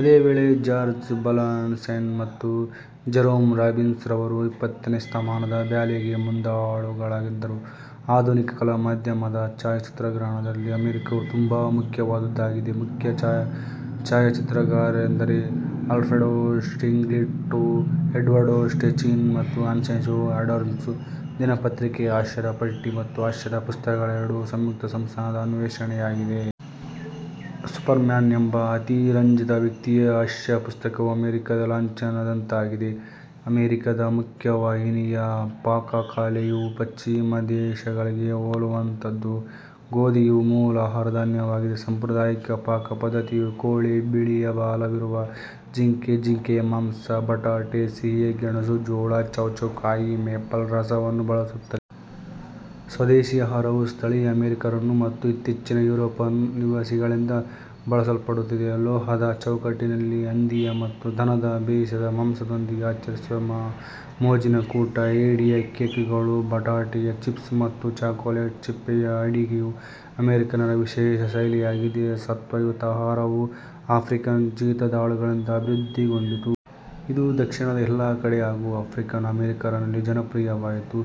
ಅದೇ ವೇಳೆ George Balanchine ಮತ್ತು ಜೆರೋಮ್ ರಾಬಿನ್ಸ್ ರವರು ಇಪ್ಪತ್ತನೇ ಶತಮಾನದ ಬ್ಯಾಲೆಗೆ ಮುಂದಾಳುಗಳಾಗಿದ್ದರು. ಆಧುನಿಕ ಕಲಾ ಮಾಧ್ಯಮವಾದ ಛಾಯಾಚಿತ್ರಗ್ರಹಣ ದಲ್ಲಿ ಅಮೆರಿಕವು ತುಂಬ ಮುಖ್ಯವಾದುದಾಗಿದೆ. ಮುಖ್ಯ ಛಾಯಾಚಿತ್ರಗಾರರೆಂದರೆ ಆಲ್ಫ್ರೆಡ್ ಸ್ಟಿಗ್ಲಿಟ್ಝ್, ಎಡ್ವರ್ಡ್ ಸ್ಟೆಚಿನ್ ಮತ್ತು ಅನ್ಸೆಲ್ ಆಡಮ್ಸ್. ದಿನಪತ್ರಿಕೆಯ ಹಾಸ್ಯದ ಪಟ್ಟಿ ಮತ್ತು ಹಾಸ್ಯದ ಪುಸ್ತಕ ಗಳೆರಡೂ ಸಂಯುಕ್ತ ಸಂಸ್ಥಾನದ ಅನ್ವೇಷಣೆಯಾಗಿದೆ. ಸೂಪರ್ಮ್ಯಾನ್ ಎಂಬ ಅತಿರಂಜಿತ ವ್ಯಕ್ತಿ ಯ ಹಾಸ್ಯ ಪುಸ್ತಕವು ಅಮೆರಿಕದ ಲಾಂಛನದಂತಾಗಿದೆ. ಅಮೆರಿಕದ ಮುಖ್ಯವಾಹಿನಿಯ ಪಾಕಕಲೆ ಯು ಪಶ್ಚಿಮ ದೇಶಗಳಿಗೆ ಹೋಲುವಂತಹುದು. ಗೋಧಿ ಯು ಮೂಲ ಆಹಾರ ಧಾನ್ಯವಾಗಿದೆ. ಸಾಂಪ್ರದಾಯಿಕ ಪಾಕಪದ್ಧತಿಯು ಕೋಳಿ, ಬಿಳಿಯಬಾಲವಿರುವ ಜಿಂಕೆ, ಜಿಂಕೆಯ ಮಾಂಸ, ಬಟಾಟೆ, ಸಿಹಿ ಗೆಣಸು, ಜೋಳ, ಚೌ ಚೌ ಕಾಯಿ, ಮೇಪಲ್ ರಸ ವನ್ನು ಬಳಸುತ್ತದೆ. ಸ್ವದೇಶೀ ಆಹಾರವು ಸ್ಥಳೀಯ ಅಮೆರಿಕನ್ನರು ಮತ್ತು ಇತ್ತೀಚಿನ ಯುರೋಪಿಯನ್ ನಿವಾಸಿಗಳಿಂದ ಬಳಸಲ್ಪಡುತ್ತಿದೆ. ಲೋಹದ ಚೌಕಟ್ಟಿನಲ್ಲಿ ಹಂದಿಯ ಮತ್ತು ದನದ ಬೇಯಿಸಿದ ಮಾಂಸದೊಂದಿಗೆ ಆಚರಿಸುವ ಮೋಜಿನ ಕೂಟ, ಏಡಿಯ ಕೇಕ್ ಗಳು, ಬಟಾಟೆಯ ಚಿಪ್ಸ್ ಮತ್ತು ಚಾಕೊಲೇಟ್ನ ಸಿಪ್ಪೆಯ ಅಡಿಗೆಯು ಅಮೆರಿಕನ್ನರ ವಿಶೇಷ ಶೈಲಿಯಾಗಿದೆ. ಸತ್ವಯುತ ಆಹಾರ ವು ಆಫ್ರಿಕನ್ ಜೀತದಾಳುಗಳಿಂದ ಅಭಿವೃದ್ಧಿಗೊಂಡಿತು. ಇದು ದಕ್ಷಿಣದ ಎಲ್ಲ ಕಡೆ ಹಾಗೂ ಆಫ್ರಿಕನ್ ಅಮೆರಿಕನ್ನರಲ್ಲಿ ಜನಪ್ರಿಯವಾಯಿತು.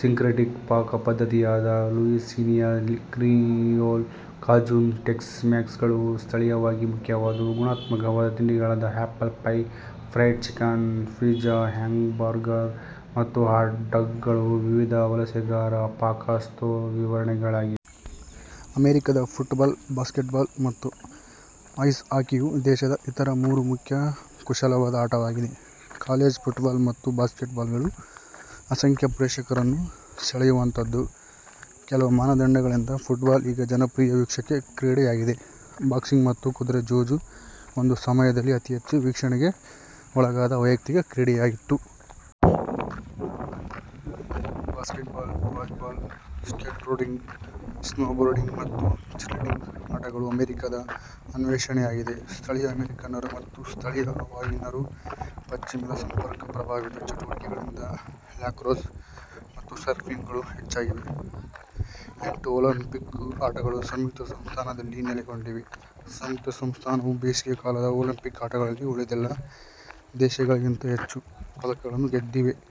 ಸಿಂಕ್ರೆಟಿಕ್ ಪಾಕಪದ್ಧತಿಯಾದ ಲುಯಿಸೀನಿಯಾ ಕ್ರಿಯೋಲ್, ಕಾಜುನ್, ಟೆಕ್ಸ್-ಮ್ಯಾಕ್ಸ್ ಗಳು ಸ್ಥಳೀಯವಾಗಿ ಮುಖ್ಯವಾದವು. ಗುಣಾತ್ಮಕವಾದ ತಿಂಡಿಗಳಾದ apple pie, fried chicken, pizza, hamburger ಮತ್ತು ಹಾಟ್ ಡಾಗ್ ಗಳು ವಿವಿಧ ವಲಸೆಗಾರರ ಪಾಕಸೂತ್ತ್ರ ವಿವರಣೆಗಳಾಗಿವೆ. ಅಮೆರಿಕದ ಫುಟ್ಬಾಲ್, ಬಾಸ್ಕೆಟ್ಬಾಲ್ ಮತ್ತು ಐಸ್ ಹಾಕಿ ಯು ದೇಶದ ಇತರ ಮೂರು ಮುಖ್ಯ ಕುಶಲವಾದ ಆಟವಾಗಿದೆ. ಕಾಲೇಜು ಫುಟ್ಬಾಲ್ ಮತ್ತು ಬಾಸ್ಕೆಟ್ಬಾಲ್ಗಳು ಅಸಂಖ್ಯ ಪ್ರೇಕ್ಷಕರನ್ನು ಸೆಳೆಯುವಂಥದು. ಕೆಲವು ಮಾನದಂಡಗಳಿಂದ ಫುಟ್ಬಾಲ್ ಈಗ ಜನಪ್ರಿಯ ವೀಕ್ಷಕ ಕ್ರೀಡೆ ಯಾಗಿದೆ. ಬಾಕ್ಸಿಂಗ್ ಮತ್ತು ಕುದುರೆ ಜೂಜು ಒಂದು ಸಮಯದಲ್ಲಿ ಅತೀಹೆಚ್ಚು ವೀಕ್ಷಣೆಗೆ ಒಳಗಾದ ವೈಯಕ್ತಿಕ ಕ್ರೀಡೆಯಾಗಿತ್ತು. ಬಾಸ್ಕೆಟ್ಬಾಲ್, ವಾಲಿಬಾಲ್, ಸ್ಕೇಟ್ಬೋರ್ಡಿಂಗ್, ಸ್ನೋಬೋರ್ಡಿಂಗ್ ಮತ್ತು ಚೀರ್ಲೀಡಿಂಗ್ ಆಟಗಳು ಅಮೆರಿಕದ ಅನ್ವೇಷಣೆಯಾಗಿದೆ. ಸ್ಥಳೀಯ ಅಮೆರಿಕನ್ನರ ಮತ್ತು ಸ್ಥಳೀಯ ಹವಾಯಿಯನ್ನರ ಪಶ್ಚಿಮದ ಸಂಪರ್ಕ ಪ್ರಭಾವಿತ ಚಟುವಟಿಕೆಗಳಿಂದ ಲ್ಯಾಕ್ರೋಸ್ ಮತ್ತು ಸರ್ಫಿಂಗ್ ಗಳು ಹೆಚ್ಚಾಗಿವೆ. ಎಂಟು ಓಲಂಪಿಕ್ ಆಟಗಳು ಸಂಯುಕ್ತ ಸಂಸ್ಥಾನದಲ್ಲಿ ನೆಲೆಗೊಂಡಿವೆ. ಸಂಯುಕ್ತ ಸಂಸ್ಥಾನವು ಬೇಸಿಗೆಕಾಲದ ಓಲಂಪಿಕ್ ಆಟ ಗಳಲ್ಲಿ ಉಳಿದೆಲ್ಲ ದೇಶಗಳಿಗಿಂತ ಹೆಚ್ಚು, ಪದಕಗಳನ್ನು ಗೆದ್ದಿವೆ.